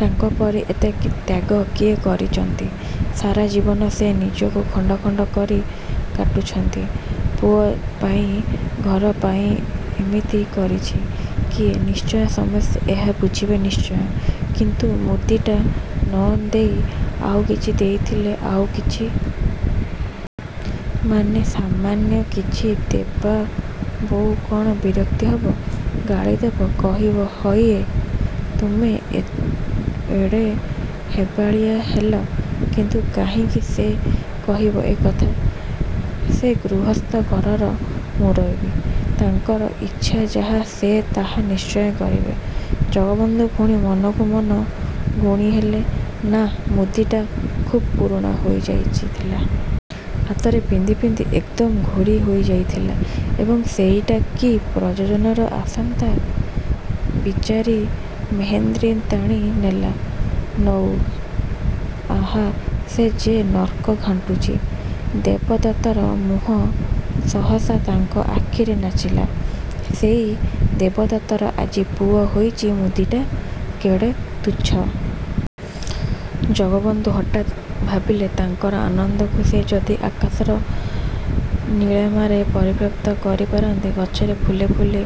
ତାଙ୍କପରି ଏତେ ତ୍ୟାଗ କିଏ କରିଚନ୍ତି? ସାରା ଜୀବନ ସେ ନିଜକୁ ଖଣ୍ଡ ଖଣ୍ଡ କରି କାଟିଚନ୍ତି, ପୁଅ ପାଇଁ, ଘର ପାଇଁ। ଏମିତି କରିଚି କିଏ? ନିଶ୍ଚୟ ସମସ୍ତେ ଏହା ବୁଝିବେ ନିଶ୍ଚୟ। କିନ୍ତୁ ମୁଦିଟା ନ ଦେଇ ଆଉ କିଛି ଦେଇଥିଲେ? ଆଉ କିଛି? ମାନେ ସାମାନ୍ୟ କିଛି? ଦେବ ବୋଉ କ'ଣ ବିରକ୍ତ ହେବ? ଗାଳିଦେବ? କହିବ, "ହଇଏ, ତମେ ଏଡ଼େ ବେହିଆ ହେଲ?" କିନ୍ତୁ କାହିଁକି ସେ କହିବ ଏ କଥା? ସେ ଗୃହସ୍ଥ, ଘରର ମୁରବୀ। ତାଙ୍କର ଇଚ୍ଛା ଯାହା ସେ ତାହା ନିଶ୍ଚୟ କରିବେ। ଜଗବନ୍ଧୁ ପୁଣି ମନକୁ ମନ ଗୁଣିହେଲେ ନାଃ ମୁଦିଟା ଖୁବ୍ ପୁରୁଣା ହୋଇ ଯାଇଥିଲା। ହାତରେ ପିନ୍ଧି ପିନ୍ଧି ଏକଦମ୍ ଘୋରି ହୋଇ ଯାଇଥିଲା, ଏବଂ ସେଇଟା ବା କି ପ୍ରୟୋଜନରେ ଆସିଥାନ୍ତା? ବିଚାରି ମେହେନ୍ତ୍ରାଣୀ ନେଲା, ନଉ ଆହା ସେ ଯେ ନର୍କ ଘାଣ୍ଟୁଚି। ଦେବଦତ୍ତର ମୁହଁ ସହସା ତାଙ୍କ ଆଖିରେ ନାଚିଲା, ସେଇ ଦେବଦତ୍ତର ଆଜି ପୁଅ ହୋଇଚି ମୁଦିଟା କେଡ଼େ ତୁଚ୍ଛ! ଜଗବନ୍ଧୁ ହଠାତ୍ ଭାବିଲେ ତାଙ୍କର ଆନନ୍ଦକୁ ସେ ଯଦି ଆକାଶର ନୀଳିମାରେ ପରିବ୍ୟାପ୍ତ କରି ପାରନ୍ତେ, ଗଛର ଫୁଲେ ଫୁଲେ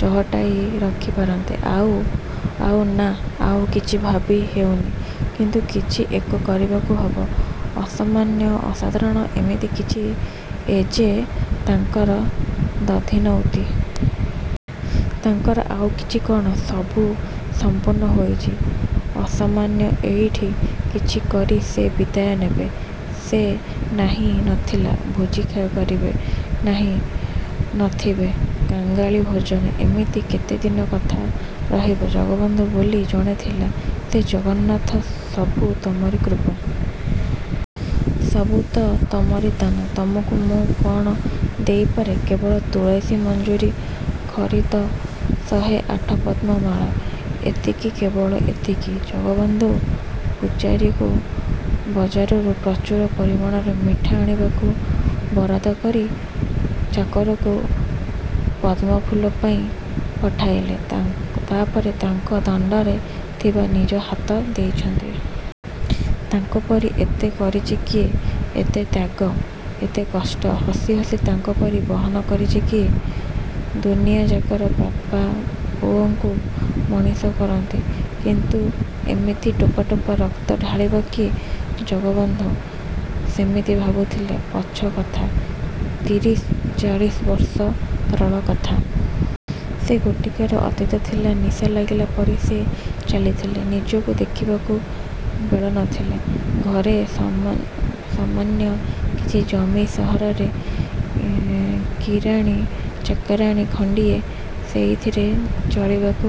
ଚହଟାଇ ରଖି ପାରନ୍ତେ ଆଉ ଆଉ ନାଃ ଆଉ କିଛି ଭାବି ହେଉନି କିନ୍ତୁ କିଛି ଏକ କରିବାକୁ ହବ ଅସାମାନ୍ୟ ଅସାଧାରଣ ଏମିତି କିଛି ଏ ଯେ ତାଙ୍କର ଦଧିନଉତି। ତାଙ୍କର ଆଉ ଅଛି କଣ? ସବୁ ସମ୍ପୂର୍ଣ୍ଣ ହୋଇଚି। ଅସାମାନ୍ୟ ଏଇଠି କିଛି କରି ସେ ବିଦାୟ ନେବେ। ସେ ନାହିଁ ନଥିବା ଭୋଜି କରିବେ। ନାହିଁ ନଥିବା କାଙ୍ଗାଳି ଭୋଜନ! ଯେମିତି କେତେ ଦିନକୁ କଥା ରହିବ"ଜଗବନ୍ଧୁ ବୋଲି ଜଣେ ଥିଲା" ହେ ଜଗନ୍ନାଥ, ସବୁ ତମରି କୃପା। ସବୁ ତ ତମରି ଦାନ! ତମକୁ ମୁଁ କଣ ଦେଇପାରେ? କେବଳ ତୁଳସୀ ମଞ୍ଜରୀ ଖଚିତ ଶହେ ଆଠ ପଦ୍ମର ମାଳ! ଏତିକି, କେବଳ ଏତିକି। ଜଗବନ୍ଧୁ ପୁଝାରୀକୁ ବଜାରରୁ ପ୍ରଚୁର ପରିମାଣର ମିଠା ଆଣିବାକୁ ବରାଦ କରି, ଚାକରକୁ ପଦ୍ମଫୁଲ ପାଇଁ ପଠାଇଲେ। ତାପରେ ତାଙ୍କ ଦାଣ୍ଡରେ ଥିବା ନିଜ ହାତ ଦେଇଚନ୍ତି। ତାଙ୍କ ପରି ଏତେ କରିଚି କିଏ? ଏତେ ତ୍ୟାଗ, ଏତେ କଷ୍ଟ, ହସି ହସି ତାଙ୍କ ପରି ବହନ କରିଚି କିଏ? ଦୁନିଆଯାକର ବାପା ପୁଅମାନଙ୍କୁ ମଣିଷ କରନ୍ତି। କିନ୍ତୁ ଏମିତି ଟୋପା ଟୋପା ରକ୍ତ ଢାଳିବ କିଏ? ଜଗବନ୍ଧୁ ସେମିତି ଭାବୁଥିଲେ ପଛ କଥା, ତିରିଶ, ଚାଳିଶ ବର୍ଷ ତଳର କଥା। ସେ ଗୋଟାଏ ଅତୀତ ଥିଲା ନିଶା ଲାଗିଲା ପରି ସେ ଚାଲିଥିଲେ। ନିଜକୁ ଦେଖିବାକୁ ବେଳ ନ ଥିଲା। ଘରେ ସାମାନ୍ୟ କିଛି ଜମି, ସହରରେ କିରାଣୀ ଚାକିରୀ ଖଣ୍ଡିଏ। ସେଇଥିରେ ଚଳିବାକୁ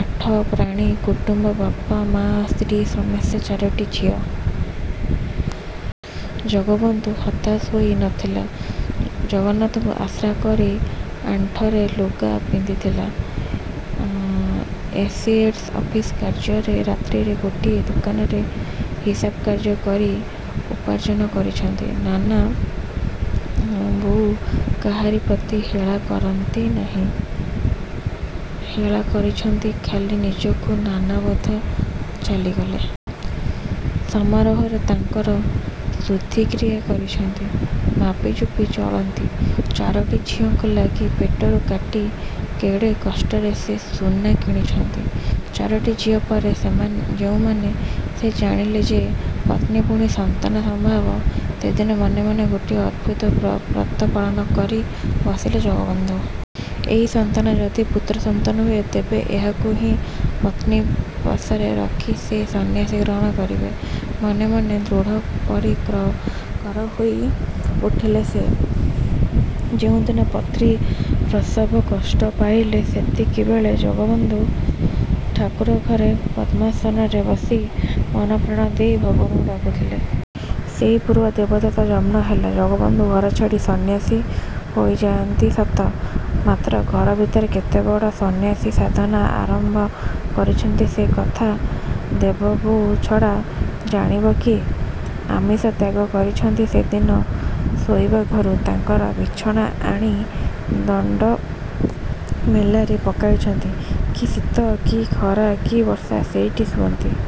ଆଠ ପ୍ରାଣୀ କୁଟୁମ୍ବ ବାପା, ମା, ସ୍ତ୍ରୀ ସମେତ ଚାରୋଟି ଝିଅ। ଜଗବନ୍ଧୁ ହତାଶ ହୋଇ ନ ଥିଲେ, ଜଗନ୍ନାଥଙ୍କୁ ଆଶ୍ରା କରି ଅଣ୍ଟାରେ ଲୁଗା ଭିଡ଼ିଥିଲେ। ଏସଡ଼ିଓ ଅଫିସ କାର୍ଯ୍ୟପରେ ରାତ୍ରିରେ ଗୋଟିଏ ଦୋକାନରେ ହିସାବ କାର୍ଯ୍ୟ କରି ଉପାର୍ଜନ କରିଚନ୍ତି। ନନା ବୋଉ କାହାରି ପ୍ରତି ହେଳା କରିନାହାନ୍ତି, ହେଳା କରିଚନ୍ତି ଖାଲି ନିଜକୁ। ନନା ବୋଉ ଚାଲିଗଲେ। ସମାରୋହରେ ତାଙ୍କର ଶୁଦ୍ଧି କ୍ରିୟା କରିଚନ୍ତି। ମାପି ଚୁପି ଚଳିଚନ୍ତି। ଚାରିଟି ଝିଅଙ୍କ ଲାଗି, ପେଟରୁ କାଟି କେଡ଼େ କଷ୍ଟରେ ସେ ସୁନା କିଣିଚନ୍ତି। ଚାରୋଟି ଝିଅ ପରେ, ଯେଉଁମାନେ ସେ ଜାଣିଲେ ଯେ ପତ୍ନୀ ପୁଣି ସନ୍ତାନ ସମ୍ଭବା, ସେଦିନ ମନେ ମନେ ଗୋଟିଏ ଅଦ୍ଭୁତ ବ୍ରତ ପାଳନ କରି ବସିଲେ ଜଗବନ୍ଧୁ। ଏଇ ସନ୍ତାନ ଯଦି ପୁତ୍ରସନ୍ତାନ ହୁଏ, ତେବେ ଏହାକୁ ହିଁ ପତ୍ନୀ ପାଶରେ ରଖି ସେ ସନ୍ନ୍ୟାସ ଗ୍ରହଣ କରିବେ। ମନେ ମନେ ଦୃଢ଼ପରିକର ହୋଇ ଉଠିଲେ ସେ। ଯେଉଁ ଦିନ ପତ୍ନୀ ପ୍ରସବ କଷ୍ଟ ପାଇଲେ ସେତିକିବେଳେ ଜଗବନ୍ଧୁ ଠାକୁର ଘରେ ପଦ୍ମାସନରେ ବସି ମନପ୍ରାଣ ଦେଇ ଭଗବାନଙ୍କୁ ଡାକୁଥିଲେ। ସେଇ ପୁଅ ଦେବଦତ୍ତ ଜନ୍ମ ହେଲା। ଜଗବନ୍ଧୁ ଘର ଛାଡ଼ି ସନ୍ନ୍ୟାସୀ ହୋଇନାହାନ୍ତି ସତ, ମାତ୍ର ଘର ଭିତରେ କେତେ ବଡ଼ ସନ୍ନ୍ୟାସ-ସାଧନା ଆରମ୍ଭ କରିଚନ୍ତି, ସେ କଥା ଦେବବୋଉ ଛଡ଼ା ଜାଣିବ କିଏ? ଆମିଷ ତ୍ୟାଗ କରିଚନ୍ତି ସେହିଦିନୁ ଶୋଇବା ଘରୁ ତାଙ୍କର ବିଛଣା ଆଣି ଦାଣ୍ଡ ମେଲାରେ ପକାଇଚନ୍ତି! କି ଶୀତ, କି ଖରା, କି ବର୍ଷା ସେ ସେଇଠି ଶୁଅନ୍ତି।